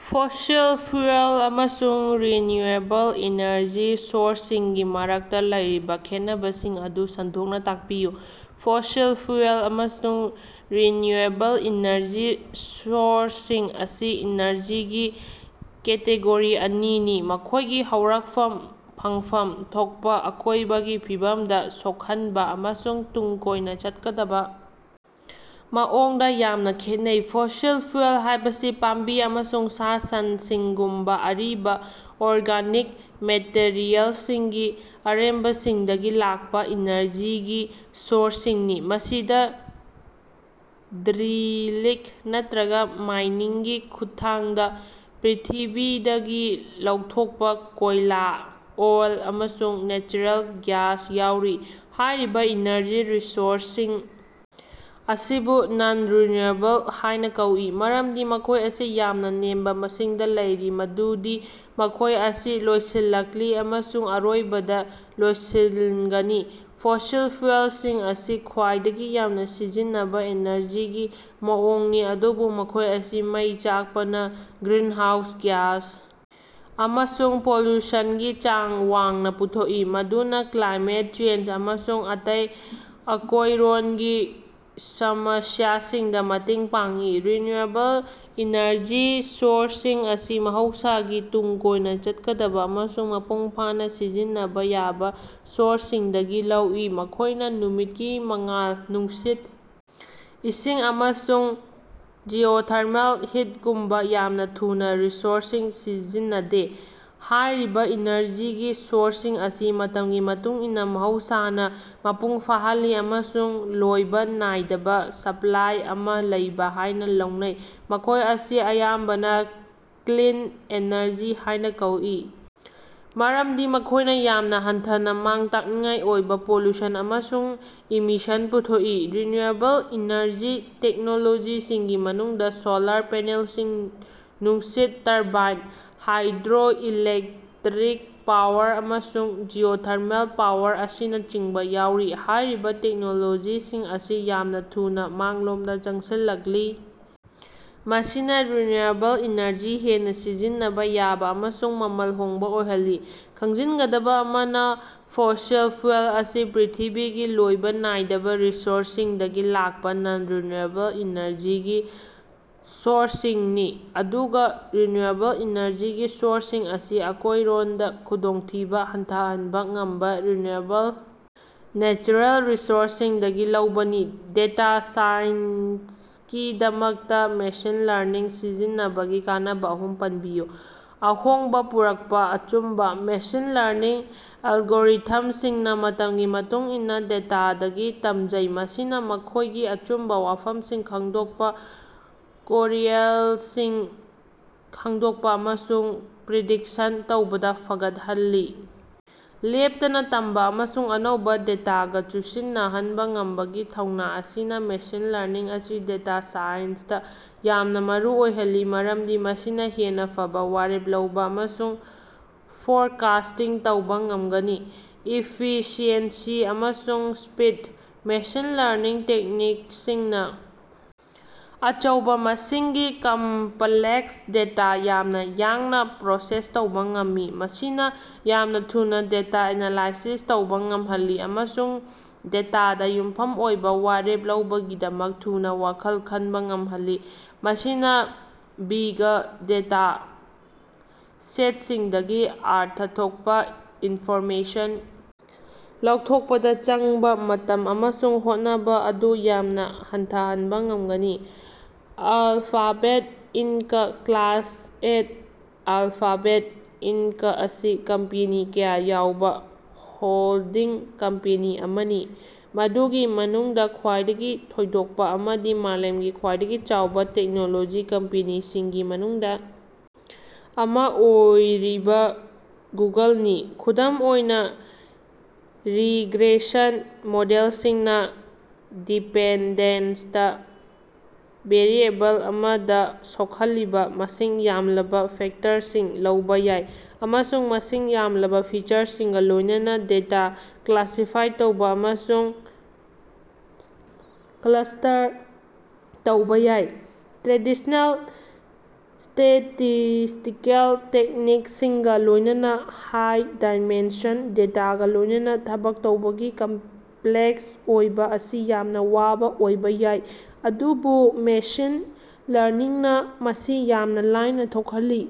Fossil fuel ꯑꯃꯁꯨꯡ renewable energy ꯁꯣꯔꯁꯁꯤꯡꯒꯤ ꯃꯔꯛꯇꯥ ꯂꯩꯔꯤꯕ ꯈꯦꯠꯅꯕꯁꯤꯡ ꯑꯗꯨ ꯁꯟꯗꯣꯛꯅ ꯇꯥꯛꯄꯤꯌꯨ꯫ ꯐꯣꯁꯤꯜ ꯐ꯭ꯌꯨꯑꯦꯜ ꯑꯃꯁꯨꯡ ꯔꯤꯟꯌꯨꯑꯦꯕꯜ ꯏꯅꯔꯖꯤ ꯁꯣꯔꯁꯁꯤꯡ ꯑꯁꯤ ꯏꯅꯔꯖꯤꯒꯤ ꯀꯦꯇꯦꯒꯣꯔꯤ ꯑꯅꯤꯅꯤ, ꯃꯈꯣꯏꯒꯤ ꯍꯧꯔꯛꯐꯝ, ꯐꯪꯐꯝ ꯊꯣꯛꯄꯥ, ꯑꯀꯣꯏꯕꯒꯤ ꯐꯤꯕꯝꯗ ꯁꯣꯛꯍꯟꯕ ꯑꯃꯁꯨꯡ ꯇꯨꯡ ꯀꯣꯏꯅ ꯆꯠꯀꯗꯕ ꯃꯑꯣꯡꯗ ꯌꯥꯝꯅ ꯈꯦꯠꯅꯩ꯫ ꯐꯣꯁꯤꯜ ꯐ꯭ꯌꯨꯑꯦꯜ ꯍꯥꯏꯕꯁꯤ ꯄꯥꯝꯕꯤ ꯑꯃꯁꯨꯡ ꯁꯥ ꯁꯟꯁꯤꯡꯒꯨꯝꯕ ꯑꯔꯤꯕ ꯑꯣꯔꯒꯥꯅꯤꯛ ꯃꯦꯇꯔꯤꯑꯦꯜꯁꯤꯡꯒꯤ ꯑꯔꯦꯝꯕꯁꯤꯡꯗꯒꯤ ꯂꯥꯛꯄꯥ ꯏꯅꯔꯖꯤꯒꯤ ꯁꯣꯔꯁꯁꯤꯡꯅꯤ꯫ ꯃꯁꯤꯗꯥ ꯗ꯭ꯔꯤꯂꯤꯡ ꯅꯠꯇꯔꯒ ꯃꯥꯏꯅꯤꯡꯒꯤ ꯈꯨꯠꯊꯥꯡꯗ ꯄ꯭ꯔꯤꯊꯤꯕꯤꯗꯒꯤ ꯂꯧꯊꯣꯛꯄꯥ ꯀꯣꯏꯂꯥ, ꯑꯣꯏꯜ, ꯑꯃꯁꯨꯡ ꯅꯦꯆꯔꯦꯜ ꯒ꯭ꯌꯥꯁ ꯌꯥꯎꯔꯤ꯫ ꯍꯥꯏꯔꯤꯕꯥ ꯏꯅꯔꯖꯤ ꯔꯤꯁꯣꯔꯁꯁꯤꯡ ꯑꯁꯤꯕꯨ ꯅꯟ-ꯔꯤꯟꯌꯨꯑꯦꯕꯜ ꯍꯥꯏꯅ ꯀꯧꯏ, ꯃꯔꯝꯗꯤ ꯃꯈꯣꯏ ꯑꯁꯤ ꯌꯥꯝꯅ ꯅꯦꯝꯕꯥ ꯃꯁꯤꯡꯗ ꯂꯩꯔꯤ ꯃꯗꯨꯗꯤ ꯃꯈꯣꯏ ꯑꯁꯤ ꯂꯣꯏꯁꯤꯜꯂꯛꯂꯤ, ꯑꯃꯁꯨꯡ ꯑꯔꯣꯏꯕꯗ ꯂꯣꯏꯁꯤꯟꯒꯅꯤ꯫ ꯐꯣꯁꯤꯜ ꯐ꯭ꯌꯨꯑꯦꯜꯁꯤꯡ ꯑꯁꯤ ꯈ꯭ꯋꯥꯏꯗꯒꯤ ꯌꯥꯝꯅ ꯁꯤꯖꯤꯟꯅꯕ ꯑꯦꯅꯔꯖꯤꯒꯤ ꯃꯑꯣꯡꯅꯤ, ꯑꯗꯨꯕꯨ ꯃꯈꯣꯏ ꯑꯁꯤ ꯃꯩ ꯆꯥꯛꯄꯅ ꯒ꯭ꯔꯤꯟꯍꯥꯎꯁ ꯒ꯭ꯌꯥꯁ ꯑꯃꯁꯨꯡ ꯄꯣꯂꯨꯁꯟꯒꯤ ꯆꯥꯡ ꯋꯥꯡꯅꯥ ꯄꯨꯊꯣꯛꯏ, ꯃꯗꯨꯅ ꯀ꯭ꯂꯥꯏꯃꯦꯠ ꯆꯦꯟꯖ ꯑꯃꯁꯨꯡ ꯑꯇꯩ ꯑꯀꯣꯏꯔꯣꯟꯒꯤ ꯁꯃꯁ꯭ꯌꯥꯁꯤꯡꯗ ꯃꯇꯦꯡ ꯄꯥꯡꯏ꯫ ꯔꯤꯟꯌꯨꯑꯦꯕꯜ ꯏꯅꯔꯖꯤ ꯁꯣꯔꯁꯁꯤꯡ ꯑꯁꯤ ꯃꯍꯧꯁꯥꯒꯤ, ꯇꯨꯡ ꯀꯣꯏꯅ ꯆꯠꯀꯗꯕ ꯑꯃꯁꯨꯡ ꯃꯄꯨꯡ ꯐꯥꯅ ꯁꯤꯖꯤꯟꯅꯕ ꯌꯥꯕ ꯁꯣꯔꯁꯁꯤꯡꯗꯒꯤ ꯂꯧꯏ, ꯃꯈꯣꯏꯅ ꯅꯨꯃꯤꯠꯀꯤ ꯃꯉꯥꯜ, ꯅꯨꯡꯁꯤꯠ, ꯏꯁꯤꯡ, ꯑꯃꯁꯨꯡ ꯖꯤꯑꯣꯊꯔꯃꯦꯜ ꯍꯤꯠꯒꯨꯝꯕ ꯌꯥꯝꯅ ꯊꯨꯅ ꯔꯤꯁꯣꯔꯁꯁꯤꯡ ꯁꯤꯖꯤꯟꯅꯗꯦ꯫ ꯍꯥꯏꯔꯤꯕꯥ ꯏꯅꯔꯖꯤꯒꯤ ꯁꯣꯔꯁꯁꯤꯡ ꯑꯁꯤ ꯃꯇꯝꯒꯤ ꯃꯇꯨꯡ ꯏꯟꯅ ꯃꯍꯧꯁꯥꯅꯥ ꯃꯄꯨꯡ ꯐꯥꯍꯜꯂꯤ ꯑꯃꯁꯨꯡ ꯂꯣꯏꯕ ꯅꯥꯏꯗꯕꯥ ꯁꯄꯂꯥꯏ ꯑꯃꯥ ꯂꯩ ꯍꯥꯏꯅ ꯂꯧꯅꯩ꯫ ꯃꯈꯣꯏ ꯑꯁꯤ ꯑꯌꯥꯝꯕꯅ ꯀ꯭ꯂꯤꯟ ꯑꯦꯅꯔꯖꯤ ꯍꯥꯏꯅ ꯀꯧꯏ ꯃꯔꯝꯗꯤ ꯃꯈꯣꯏꯅ ꯌꯥꯝꯅ ꯍꯟꯊꯅꯥ ꯃꯥꯡ ꯇꯥꯛꯅꯤꯡꯉꯥꯏ ꯑꯣꯏꯕꯥ ꯄꯣꯂꯨꯁꯟ ꯑꯃꯁꯨꯡ ꯏꯃꯤꯁꯟ ꯄꯨꯊꯣꯛꯏ꯫ ꯔꯤꯟꯌꯨꯑꯦꯕꯜ ꯏꯅꯔꯖꯤ ꯇꯦꯛꯅꯣꯂꯣꯖꯤꯁꯤꯡꯒꯤ ꯃꯅꯨꯡꯗ ꯁꯣꯂꯥꯔ ꯄꯦꯅꯦꯜꯁꯤꯡ, ꯅꯨꯡꯁꯤꯠ ꯇꯔꯕꯥꯏꯟ, ꯍꯥꯏꯗ꯭ꯔꯣꯏꯂꯦꯛꯇꯔꯤꯛ ꯄꯥꯋꯔ, ꯑꯃꯁꯨꯡ ꯖꯤꯑꯣꯊꯔꯃꯦꯜ ꯄꯥꯋꯔ ꯑꯁꯤꯅꯆꯤꯡꯕ ꯌꯥꯎꯔꯤ꯫ ꯍꯥꯏꯔꯤꯕ ꯇꯦꯛꯅꯣꯂꯣꯖꯤꯁꯤꯡ ꯑꯁꯤ ꯌꯥꯝꯅꯥ ꯊꯨꯅꯥ ꯃꯥꯡꯂꯣꯝꯗ ꯆꯪꯁꯤꯜꯂꯛꯂꯤ, ꯃꯁꯤꯅ ꯔꯤꯟꯌꯨꯑꯦꯕꯜ ꯏꯅꯔꯖꯤ ꯍꯦꯟꯅꯥ ꯁꯤꯖꯤꯟꯅꯕꯥ ꯌꯥꯕ ꯑꯃꯁꯨꯡ ꯃꯃꯜ ꯍꯣꯡꯕ ꯑꯣꯏꯍꯜꯂꯤ꯫ ꯈꯪꯖꯤꯟꯒꯗꯕꯥ ꯑꯃꯅꯥ, ꯐꯣꯁꯤꯜ ꯐ꯭ꯌꯨꯑꯦꯜ ꯑꯁꯤ ꯄ꯭ꯔꯤꯊꯤꯕꯤꯒꯤ ꯂꯣꯏꯕ ꯅꯥꯏꯗꯕ ꯔꯤꯁꯣꯔꯁꯁꯤꯡꯗꯒꯤ ꯂꯥꯛꯄ ꯅꯟ-ꯔꯤꯟꯌꯨꯑꯦꯕꯜ ꯏꯅꯔꯖꯤꯒꯤ ꯁꯣꯔꯁꯁꯤꯡꯅꯤ, ꯑꯗꯨꯒ ꯔꯤꯟꯌꯨꯑꯦꯕꯜ ꯏꯅꯔꯖꯤꯒꯤ ꯁꯣꯔꯁꯁꯤꯡ ꯑꯁꯤ ꯑꯀꯣꯏꯔꯣꯟꯗꯥ ꯈꯨꯗꯣꯡꯊꯤꯕꯥ ꯍꯟꯊꯍꯟꯕꯥ ꯉꯝꯕꯥ ꯔꯤꯟꯌꯨꯑꯦꯕꯜ ꯅꯦꯆꯔꯦꯜ ꯔꯤꯁꯣꯔꯁꯁꯤꯡꯗꯒꯤ ꯂꯧꯕꯅꯤ꯫ ꯗꯦꯇꯥ ꯁꯥꯏꯟꯁꯀꯤꯗꯃꯛꯇ ꯃꯦꯁꯤꯟ ꯂꯔꯅꯤꯡ ꯁꯤꯖꯤꯟꯅꯕꯒꯤ ꯀꯥꯟꯅꯕ ꯑꯍꯨꯝ ꯄꯟꯕꯤꯌꯨ꯫ ꯑꯍꯣꯡꯕ ꯄꯨꯔꯛꯄꯥ ꯑꯆꯨꯝꯕꯥ: ꯃꯦꯁꯤꯟ ꯂꯔꯅꯤꯡ ꯑꯦꯜꯒꯣꯔꯤꯊꯝꯁꯤꯡꯅ ꯃꯇꯝꯒꯤ ꯃꯇꯨꯡ ꯏꯟꯅꯥ ꯗꯦꯇꯥꯗꯒꯤ ꯇꯝꯖꯩ, ꯃꯁꯤꯅ ꯃꯈꯣꯏꯒꯤ ꯑꯆꯨꯝꯕ ꯋꯥꯐꯝꯁꯤꯡ ꯈꯪꯗꯣꯛꯄ, ꯀꯣꯔꯤꯑꯦꯜꯁꯤꯡ ꯈꯪꯗꯣꯛꯄ ꯑꯃꯁꯨꯡ ꯄ꯭ꯔꯤꯗꯤꯛꯁꯟ ꯇꯧꯕꯗ ꯐꯒꯠꯍꯜꯂꯤ꯫ ꯂꯦꯞꯇꯅ ꯇꯝꯕ ꯑꯃꯁꯨꯡ ꯑꯅꯧꯕꯥ ꯗꯦꯇꯥꯒ ꯆꯨꯁꯤꯟꯅꯍꯟꯕ ꯉꯝꯕꯒꯤ ꯊꯧꯅ ꯑꯁꯤꯅꯥ ꯃꯦꯁꯤꯟ ꯂꯔꯅꯤꯡ ꯑꯁꯤ ꯗꯦꯇꯥ ꯁꯥꯏꯟꯁꯇꯥ ꯌꯥꯝꯅꯥ ꯃꯔꯨ ꯑꯣꯏꯍꯜꯂꯤ, ꯃꯔꯝꯗꯤ ꯃꯁꯤꯅ ꯍꯦꯟꯅ ꯐꯕ ꯋꯥꯔꯦꯞ ꯂꯧꯕ ꯑꯃꯁꯨꯡ ꯐꯣꯔꯀꯥꯁ꯭ꯇꯤꯡ ꯇꯧꯕ ꯉꯝꯒꯅꯤ꯫ ꯏꯐꯤꯁꯤꯑꯦꯟꯁꯤ ꯑꯃꯁꯨꯡ ꯁ꯭ꯄꯤꯗ: ꯃꯦꯁꯤꯟ ꯂꯔꯅꯤꯡ ꯇꯦꯛꯅꯤꯛꯁꯤꯡꯅ ꯑꯆꯧꯕꯥ ꯃꯁꯤꯡꯒꯤ ꯀꯝꯄꯂꯦꯛꯁ ꯗꯦꯇꯥ ꯌꯥꯝꯅ ꯌꯥꯡꯅꯥ ꯄ꯭ꯔꯣꯁꯦꯁ ꯇꯧꯕ ꯉꯝꯃꯤ꯫ ꯃꯁꯤꯅ ꯌꯥꯝꯅ ꯊꯨꯅ ꯗꯦꯇꯥ ꯑꯦꯅꯥꯂꯥꯏꯁꯤꯁ ꯇꯧꯕ ꯉꯝꯍꯜꯂꯤ, ꯑꯃꯁꯨꯡ ꯗꯦꯇꯥꯗ ꯌꯨꯝꯐꯝ ꯑꯣꯏꯕ ꯋꯥꯔꯦꯞ ꯂꯧꯕꯒꯤꯗꯃꯛ ꯊꯨꯅ ꯋꯥꯈꯜ ꯈꯟꯕ ꯉꯝꯍꯜꯂꯤ꯫ ꯃꯁꯤꯅ ꯕꯤꯒ ꯗꯦꯇꯥ ꯁꯦꯠꯁꯤꯡꯗꯒꯤ ꯑꯔꯊ ꯊꯣꯛꯄꯥ ꯏꯟꯐꯣꯔꯃꯦꯁꯟ ꯂꯧꯊꯣꯛꯄꯗ ꯆꯪꯕ ꯃꯇꯝ ꯑꯃꯁꯨꯡ ꯍꯣꯠꯅꯕ ꯑꯗꯨ ꯌꯥꯝꯅ ꯍꯟꯊꯍꯟꯕ ꯉꯝꯒꯅꯤ꯫ Alphabet Inc class A Alphabet Inc ꯑꯁꯤ ꯀꯝꯄꯦꯅꯤ ꯀꯌꯥ ꯌꯥꯎꯕ ꯍꯣꯜꯗꯤꯡ ꯀꯝꯄꯦꯅꯤ ꯑꯃꯅꯤ, ꯃꯗꯨꯒꯤ ꯃꯅꯨꯡꯗ ꯈ꯭ꯋꯥꯏꯗꯒꯤ ꯊꯣꯏꯗꯣꯛꯄꯥ ꯑꯃꯗꯤ ꯃꯥꯂꯦꯝꯒꯤ ꯈ꯭ꯋꯥꯏꯗꯒꯤ ꯆꯥꯎꯕ ꯇꯦꯛꯅꯣꯂꯣꯖꯤ ꯀꯝꯄꯦꯅꯤꯁꯤꯡꯒꯤ ꯃꯅꯨꯡꯗ ꯑꯃꯥ ꯑꯣꯏꯔꯤꯕꯥ ꯒꯨꯒꯜꯅꯤ꯫ ꯈꯨꯗꯝ ꯑꯣꯏꯅꯥ, ꯔꯤꯒ꯭ꯔꯦꯁꯟ ꯃꯣꯗꯦꯜꯁꯤꯡꯅꯥ ꯗꯤꯄꯦꯟꯗꯦꯟꯇ ꯚꯦꯔꯤꯑꯦꯕꯜ ꯑꯃꯗ ꯁꯣꯛꯍꯜꯂꯤꯕ ꯃꯁꯤꯡ ꯌꯥꯝꯂꯕ ꯐꯦꯛꯇꯔꯁꯤꯡ ꯂꯧꯕꯥ ꯌꯥꯏ, ꯑꯃꯁꯨꯡ ꯃꯁꯤꯡ ꯌꯥꯝꯂꯕꯥ ꯐꯤꯆꯔꯁꯤꯡꯒ ꯂꯣꯏꯅꯅꯥ ꯗꯦꯇꯥ ꯀ꯭ꯂꯥꯁꯤꯐꯥꯏ ꯇꯧꯕ ꯑꯃꯁꯨꯡ ꯀ꯭ꯂꯁ꯭ꯇꯔ ꯇꯧꯕꯥ ꯌꯥꯏ꯫ ꯇ꯭ꯔꯦꯗꯤꯁ꯭ꯅꯦꯜ ꯁ꯭ꯇꯦꯇꯤꯁ꯭ꯇꯤꯀꯦꯜ ꯇꯦꯛꯅꯤꯛꯁꯤꯡꯒ ꯂꯣꯏꯅꯅ ꯍꯥꯏ-ꯗꯥꯏꯃꯦꯟꯁꯟ ꯗꯦꯇꯥꯒ ꯂꯣꯏꯅꯅꯥ ꯊꯕꯛ ꯇꯧꯕꯒꯤ ꯀꯝꯄꯂꯦꯛꯁ ꯑꯣꯏꯕ ꯑꯁꯤ ꯌꯥꯝꯅ ꯋꯥꯕꯥ ꯑꯣꯏꯕꯥ ꯌꯥꯏ, ꯑꯗꯨꯕꯨ ꯃꯦꯁꯤꯟ ꯂꯔꯅꯤꯡꯅꯥ ꯃꯁꯤ ꯌꯥꯝꯅ ꯂꯥꯏꯅꯥ ꯊꯣꯛꯍꯜꯂꯤ꯫।